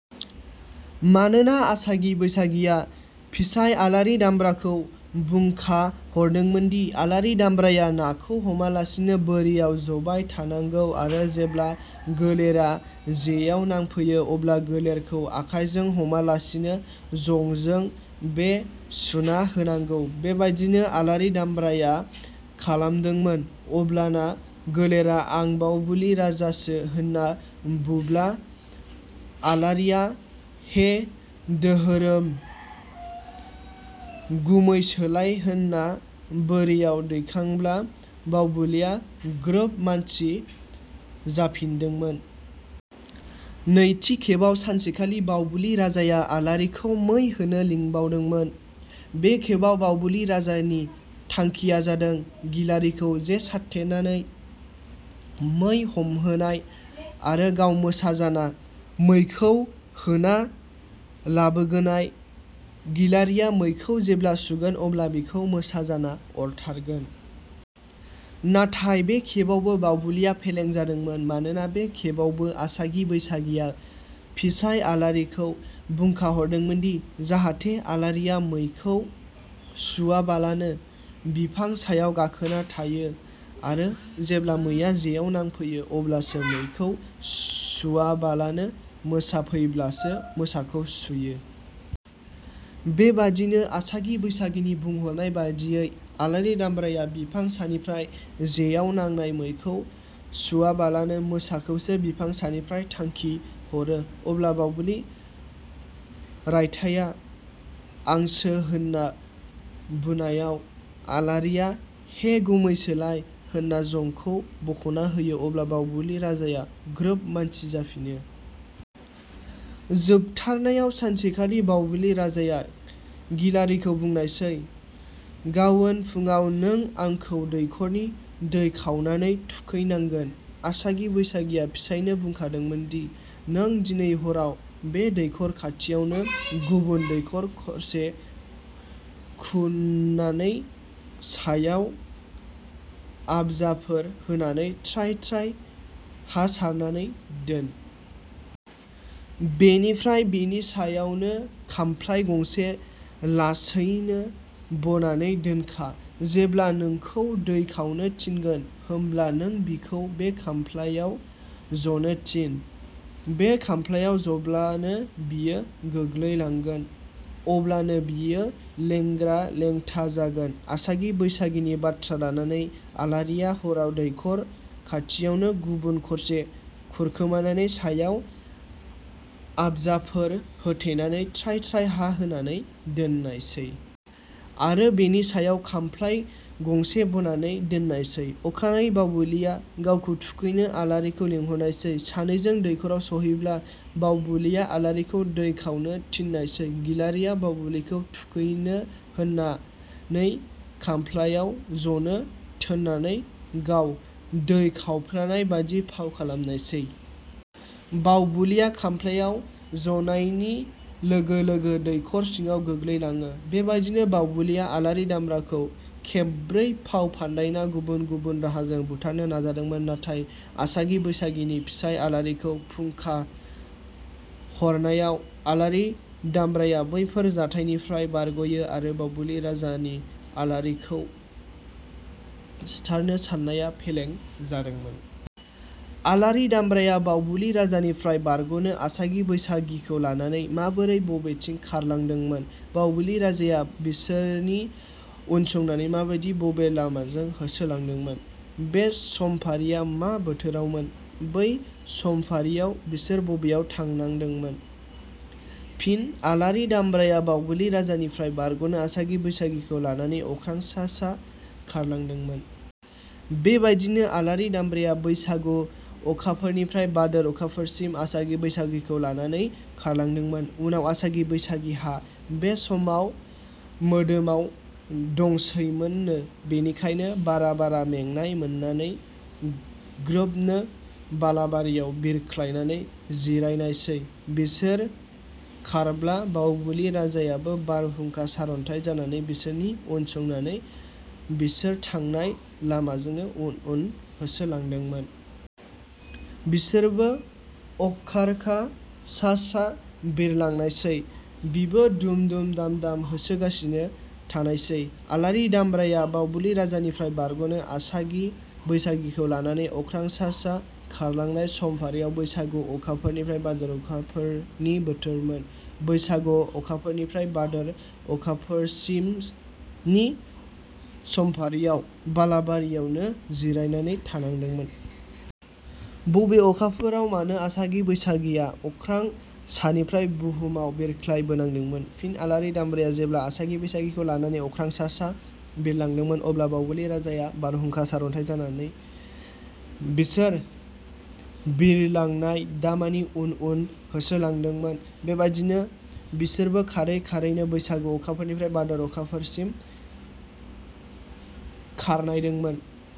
मानोना आसागि बैसागिया। फिसाइ आलारि दामब्राखौ बुंखा हरदोंमोनदि- आलारि दामब्राया नाखौ हमालासिनो बोरियाव ज'बाय थानांगौ आरो जेब्ला गोलेरा जेयाव नांफैयो अब्ला गोलेरखौ आखाइजों हमालासिनो जंजों बे सुना होनांगौ। बेबादिनो आलारि दामब्रायाबो खालामदोंमोन अब्लाना गोलेरा आं बावबुलि राजासो होनना बुब्ला आलारिया हे दोहोरोम गुमैसोलाय होनना बोरियाव दिखांब्ला बावबुलिया ग्रोब मानसि जाफिनदोंमोन। नैथि खेबाव सानसेखालि बावबुलि राजाया आलारिखौ मै होनो लिंबावदोंमोन। बे खेबाव बावबुलि राजानि थांखिया जादों गिलारिखौ जे साथेनानै मै जमहोनाय आरो गाव मोसा जाना मैखौ होना लाबोगोनाय। गिलारिया मैखौ जेब्ला सुगोन अब्ला बिखौ मोसा जाना अरथारगोन। नाथाय बे खेबावबो बावबुलिया फेलें जादोंमोन। मानोना बे खेबावबो आसागि बैसागिया फिसाइ आलारिखौ बुंखा हरदोंमोनदि- जाहाथे आलारिया मैखौ सुवाबालानो बिफां सायाव गाखोना थायो आरो जेब्ला मैआ जेआव नांफैयो अब्ला मैखौ सुवाबालानो मोसा फैब्लासो मोसाखौ सुयो। बेबादिनो आसागि बैसागिनि बुंहरनाय बादियै आलारि दामब्राया बिफां सानिफ्राय जेआव नांनाय मैखौ सुवाबालानो मोसाखौसो बिफां सानिफ्राइ थांखि हरो। अब्ला बावबुलि राइथाया आंसो होनना बुनायाव आलारिया हे गुमैसोलाय होनना जंखौ बखना होयो अब्ला बावबुलि राजाया ग्रोब मानसि जाफिनो। जोबथारनायाव, सानसेखालि बावबुलि राजाया गिलारिखौ बुंनायसै – "गावोन फुडाव नों आंखौ दैखरनि दै खावनानै थुखैनांगोन"। आसागि बैसागिया फिसाइनो बुंखादोंमोनदि – "नों दिनै हराव बे दैखर खाथियावनो गुबुन दैखर खरसे खु'ननानै सायाव आबजाफोर होनानै थ्राय थ्राय हा सारनानै दोन। बेनिफ्राय बेनि सायावनो खामफ्लाइ गंसे लासैनो बनानै दोनखा। जेब्ला नोंखौ दै खावनो थिनगोन, होमब्ला नों बिखौ बे खामफ्लाइयाव जनो थिन। बे खामफ्लाइयाव जब्लानो बियो गोलैलांगोन। अब्लानो बियो लेंग्रा लेंथा जागोन। आसागि बैसागिनि बाथ्रा लानानै आलारिया हराव दैखर खाथियावनो गुबुन खरसे खुरखोमानानै सायाव आबजाफोर होथेनानै थ्राय थ्राय हा होनानै दोननायसै। आरो बेनि सायाव खामफ्लाइ गंसे बनानै दोननायसै। अखानायै बावबुलिया गावखौ थुखैनो आलारिखौ लिंहरनायसै। सानैजों दैखराव सहैब्ला बावबुलिया आलारिखौ दै खावनो थोननायसै। गिलारियाबो बावबुलिखौ थुखैनो होननानै खामफ्लाइयाव जनो थोननानै गाव दै खावफ्लानाय बादि फाव खालामनायसै। बावबुलिया खामफ्लाइयाव जनायनि लोगो लोगो दैखर सिङाव गोलैलांङो। बेबादिनो बावबुलिया अलारि दामब्राखौ खेब ब्रै फाव फान्दायना गुबुन गुबुन राहाजों बुथारनो नाजादोंमोन। नाथाइ आसागि बैसागिनि फिसाइ आलारिखौ फुंखा हरनायाव आलारि दामब्राया बैफोर जाथाइनिफ्राय बारग'यो आरो बावबुलि राजानि आलारिखौ सिथारनो साननाया फेलें जादोंमोन।. आलारि दामब्राया बावबुलि राजानिफ्राय बारग'नो आसागि बैसागिखौ लानानै माबोरै बबेथिं खारलांदोंमोन? बावबुलि राजाया बिसोरनि उनसंनानै माबादि बबे लामाजों होसो लांदोंमोन? बे समफारिया मा बोथोरमोन? बै समफारियाव बिसोर बबेयाव थानांदोंमोन? फिनः आलारि दामब्राया बावबुलि राजानिफ्राय बारग'नो आसागि बैसागिखौ लानानै अख्रां सा सा खारलांदोंमोन। बेबादिनो आलारि दामब्राया बैसागु अखाफोरनिफ्राय भादोर अखाफोरसिम आसागि बैसागिखौ लानानै खारलांदोंमोन। उनाव आसागि बैसागिहा बे समाव मोदोमाव दंसैमोननो। बेनिखायनो बारा बारा मेंनाय मोननानै ग्रोबनो बालाबारियाव बिरख्लायनानै जिरायनायसै। बिसोर खारब्ला बावबुलि राजायाबो बारहुंखा, सार'न्थाइ जानानै बिसोरनि उनसंनानै बिसोर थांनाय लामाजोंनो उन उन होसोलांदोंमोन। बिसोरबो अखर्खा सा सा बिरलांनायसै। बिबो दुम दुम, दाम दाम होसोगासिनो थानायसै। आलारि दामब्राया बावबुलि राजानिफ्राय बारग'नो आसागि बैसागिखौ लानानै अख्रां सा सा खारलांनाय समफारियाव बैसागु अखाफोर निफ्राय भादोर अखाफोरनि बोथोरमोन। बैसागु अखाफोरनिफ्राय भादोर अखाफोरसिमनि समफारियाव बालाबारियावनो जिरायनानै थानांदोंमोन।. बबे अखाफोराव मानो आसागि बैसागिया अख्रां सानिफ्राय बुहुमाव बिरख्लाय बोनांदोंमोन? फिन: आलारि दामब्राया जेब्ला आसागि बैसागिखौ लानानै अख्रां सा सा बिरलांदोंमोन अब्ला बावबुलि राजाया बारहुंखा, सार'न्थाइ जानानै बिसोर बिइरलांनाय दामानि उन उन होसोलांदोंमोन। बेबादिनो बिसोरबो खारै खारैनो बैसागु अखाफोरनिफ्राय भादोर अखाफोरसिम खारनायदोंमोन।